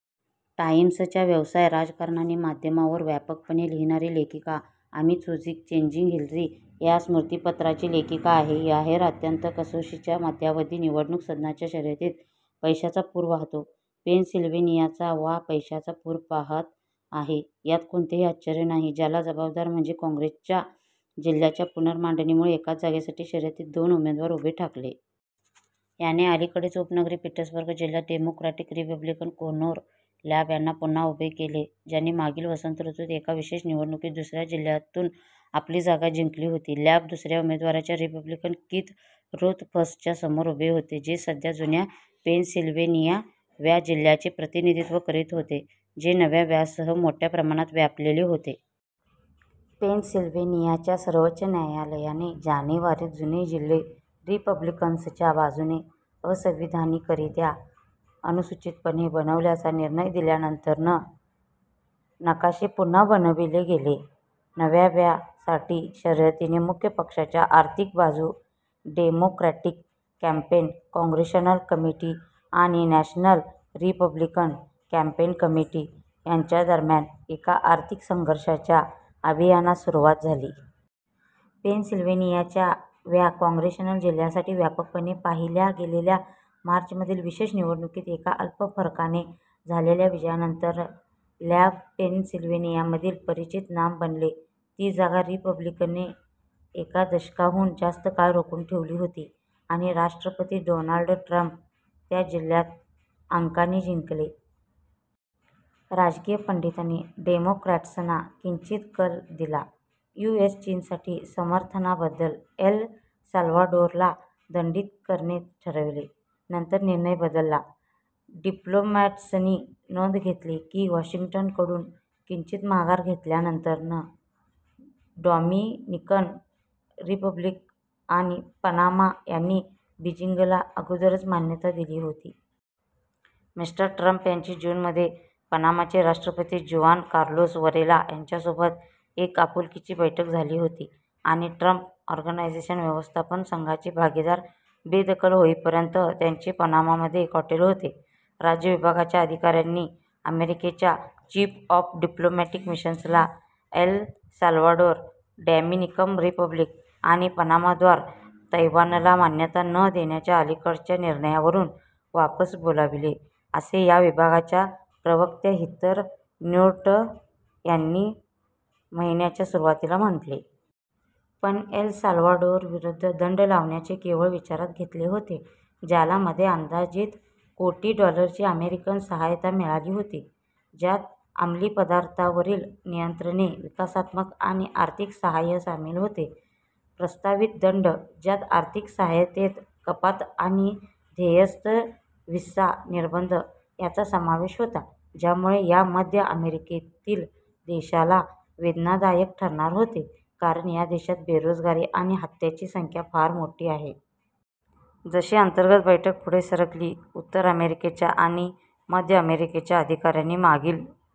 " टाइम्सच्या व्यवसाय, राजकारण आणि माध्यमांवर व्यापकपणे लिहिणारी लेखिका, अमी चोझिक "चेजिंग हिलरी" या स्मृतिपत्राची लेखिका आहे. बाहेर अत्यंत कसोशीच्या मध्यावधी निवडणूक सदनाच्या शर्यतीत पैशाचा पूर वाहतो. पेनसिल्व्हेनियाचा वा पैशांचा पूर पहात आहे यात कोणतेही आश्चर्य नाही, ज्याला जबाबदार म्हणजे काँग्रेसच्या जिल्ह्यांच्या पुनर्मांडणीमुळे एकाच जागेसाठी शर्यतीत दोन उमेदवार उभे ठाकले. याने अलीकडेच उपनगरी पिट्सबर्ग जिल्ह्यात डेमोक्रॅटिक रिपब्लिकन कोनोर लँब यांना पुन्हा उभे केले – ज्यांनी मागील वसंत ऋतूत एका विशेष निवडणुकीत दुसऱ्या जिल्ह्यातून आपली जागा जिंकली होती. लँब दुसऱ्या उमेदवाराच्या, रिपब्लिकन कीथ रोथफसच्या समोर उभे होते, जे सध्या जुन्या पेनसिल्व्हेनिया व्या जिल्ह्याचे प्रतिनिधित्व करीत होते, जे नव्या व्यासह मोठ्या प्रमाणात व्यापलेले होते. पेनसिल्व्हेनियाच्या सर्वोच्च न्यायालयाने जानेवारीत जुने जिल्हे रिपब्लिकन्सच्या बाजूने असंविधानिकरीत्या अनुचितपणे बनवल्याचा निर्णय दिल्यानंतर, नकाशे पुन्हा बनविले गेले. नव्या व्या साठी शर्यतीने मुख्य पक्षाच्या आर्थिक बाजू, डेमोक्रॅटिक कॅम्पेन काँग्रेशनल कमिटी आणि नॅशनल रिपब्लिकन कॅम्पेन कमिटी यांच्या दरम्यान एका आर्थिक संघर्षाच्या अभियानास सुरवात झाली. पेनसिल्व्हेनियाच्या व्या काँग्रेशनल जिल्ह्यासाठी व्यापकपणे पाहिल्या गेलेल्या मार्चमधील विशेष निवडणुकीत एका अल्प फरकाने झालेल्या विजयानंतर लँब पेनसिल्व्हेनियामधील परिचित नाम बनले. ती जागा रिपब्लिकनने एका दशकाहून जास्त काळ रोखून ठेवली होती, आणि राष्ट्रपती डोनाल्ड ट्रम्प त्या जिल्ह्यात अंकांनी जिंकले. राजकीय पंडितांनी डेमोक्रॅट्सना किंचित कल दिला. यु. एस. चीनसाठी समर्थनाबद्द्दल एल साल्वाडोरला दंडित करणे ठरविले, नंतर निर्णय बदलला डिप्लोमॅट्सनी नोंद घेतली की वाशिंग्टनकडून किंचित माघार घेतल्यानंतर, डॉमिनिकन रिपब्लिक आणि पनामा यांनी बीजिंगला अगोदरच मान्यता दिली होती. मि. ट्रम्प यांची जून मध्ये पनामाचे राष्ट्रपती जुआन कार्लोस वरेला यांच्यासोबत एक आपुलकीची बैठक झाली होती आणि ट्रम्प ऑर्गनायझेशन व्यवस्थापन संघाचे भागीदार बेदखल होईपर्यंत, त्यांचे पनामामध्ये एक हॉटेल होते. राज्य विभागाच्या अधिकाऱ्यांनी अमेरिकेच्या चीफ ऑफ डिप्लोमॅटिक मिशन्सला एल साल्व्हाडोर, डॉमिनिकन रिपब्लिक आणि पनामाद्वारा "तैवानला मान्यता न देण्याच्या अलीकडच्या निर्णयावरून" वापस बोलाविले, असे या विभागाच्या प्रवक्त्या हिथर न्युर्ट यांनी या महिन्याच्या सुरुवातीला म्हटले. पण एल साल्वाडोरविरुद्ध दंड लावण्याचे केवळ विचारात घेतले होते, ज्याला मध्ये अंदाजित कोटी डॉलरची अमेरिकन सहायता मिळाली होती, ज्यात अमलीपदार्थांवरील नियंत्रणे, विकासात्मक आणि आर्थिक साहाय्य सामील होते. प्रस्तावित दंड, ज्यात आर्थिक सहायतेत कपात आणि ध्येयस्थ व्हिसा निर्बंध यांचा समावेश होता, ज्यामुळे या मध्य अमेरिकेतील देशाला वेदनादायक ठरणार होते कारण या देशात बेरोजगारी आणि हत्यांची संख्या फार मोठी आहे. जशी अंतर्गत बैठक पुढे सरकली, उत्तर अमेरिकेच्या आणि मध्य अमेरिकेच्या अधिकाऱ्यांनी मागील